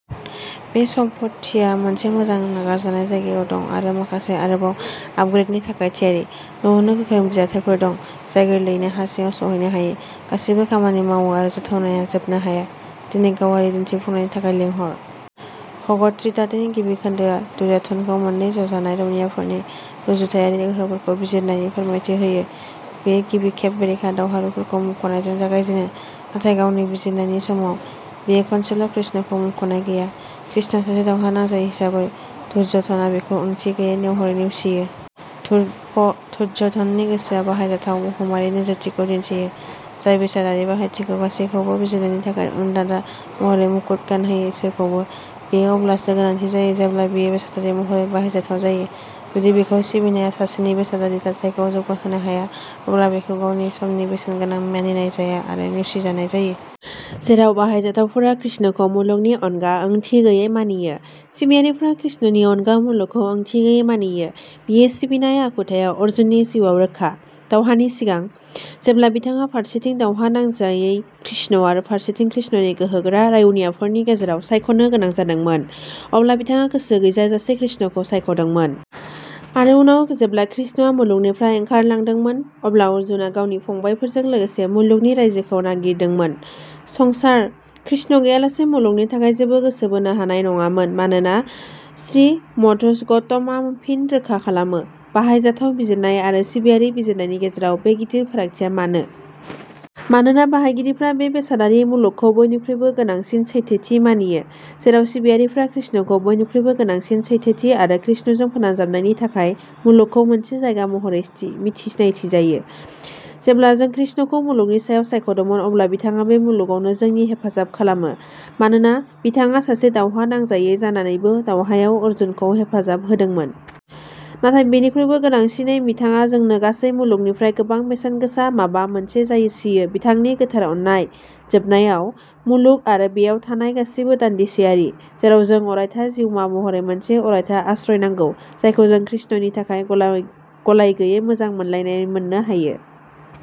बे सम्फथिया मोनसे मोजां नागिरजानाय जायगायाव दं आरो माखासे आरोबाव आपग्रेडनि थाखाय थियारि। न'आवनो गोख्रों बिथाफोर दं, जाय गोरलैयैनो हा सिङाव सौहैनो हायो। गासैबो खामानि मावो आरो जाथावनाया जोबनो हाया। दिनै गावारि दिन्थिफुंनायनि थाखाय लिंहर। भगबद्गीतानि गिबि खोन्दोआ दुर्योधनखौ मोन्नै ज'जानाय रौनियाफोरनि रुजुथायारि गोहोफोरखौ बिजिरनायनि फोरमायथि होयो। बियो गिबि बेरेखा दावहारुफोरखौ मुंख'नायजों जागायजेनो, नाथाय गावनि बिजिरनायनि समाव, बियो खनसेल'कृष्णखौ मुंख'नाय गैया। कृष्णआ सासे दावहा नांजायै हिसाबै, दुर्य'धनआ बिखौ ओंथि गैयै महरै नेवसियो। दुर्य'धननि गोसोआ बाहायजाथाव बुहुमारि नोजोरथिखौ दिन्थियो, जाय बेसादारि बाहायथिखौ गासैबोखौ बिजिरनायनि थाखाय मानदान्दा महरै मुकुट गानहोयो-इसोरखौबो। बियो अब्लासो गोनांथि जायो जेब्ला बियो बेसादारि महरै बाहायजाथाव जायो। जुदि बिखौ सिबिनाया सासेनि बेसादारि थाथायखौ जौगाहोनो हाया, अब्ला बिखौ गावनि समनि बेसेनगोनां मानिनाय जाया आरो नेवसिनाय जायो। जेराव बाहायजाथावफोरा कृष्णखौ मुलुगनि अनगा ओंथि गैयै मानियो, सिबियारिफोरा कृष्णनि अनगा मुलुगखौ ओंथि गैयै मानियो। बे सिबिनाय आखुथाया अर्जुननि जिउआव रोखा। दावहानि सिगां, जेब्ला बिथाङा फारसेथिं दावहा नांजायै कृष्ण आरो फारसेथिं कृष्णनि गोहो गोरा रौनियाफोरनि गेजेराव सायख'नो गोनां जादोंमोन, अब्ला बिथाङा गोसो गैयाजासे कृष्णखौ सायख'दोंमोन। आरो उनाव जेब्ला कृष्णआ मुलुगनिफ्राय ओंखारलांदोंमोन, अब्ला अर्जुनआ गावनि फंबायफोरजों लोगोसे मुलुगनि रायजोखौ नागारदोंमोन। संसार, कृष्ण गैयालासे मुलुगनि थाखाय जेबो गोसो बोनो हानाय नङामोन, मानोना श्रीमद्भागवतम आ फिन रोखा खालामो। बाहायजाथाव बिजिरनाय आरो सिबियारि बिजिरनायनि गेजेराव बे गिदिर फारागथिया मानो? मानोना बाहायगिरिफोरा बे बेसादारि मुलुगखौ बयनिख्रुइबो गोनांसिन सैथोथि मानियो, जेराव सिबियारिफोरा कृष्णखौ बयनिख्रुइबो गोनांसिन सैथोथि आरो कृष्णजों फोनांजाबनायनि थाखाय मुलुगखौ मोनसे जायगा महरै सिनायथियो। जेब्ला जों कृष्णखौ मुलुगनि सायाव सायख'दोंमोन, अब्ला बिथाङा बे मुलुगावबो जोंनि हेफाजाब खालामो, मानोना बिथाङा सासे दावहा नांजायै जानानैबो दावहायाव अर्जुनखौ हेफाजाब होदोंमोन। नाथाय बेनिख्रुइबो गोनांसिनै बिथाङा जोंनो गासै मुलुगनिख्रुइ गोबां बेसेनगोसा माबा मोनसे जासियो-बिथांनि गोथार अननाय। जोबनायाव, मुलुग आरो बेयाव थानाय गासैबो दानदिसेयारि, जेराव जों अरायथा जिउमा महरै मोनसे अरायथा आश्रय नांगौ, जायखौ जों कृष्णनि थाखाय गलायगैयै मोजां मोननायावल'मोननो हायो।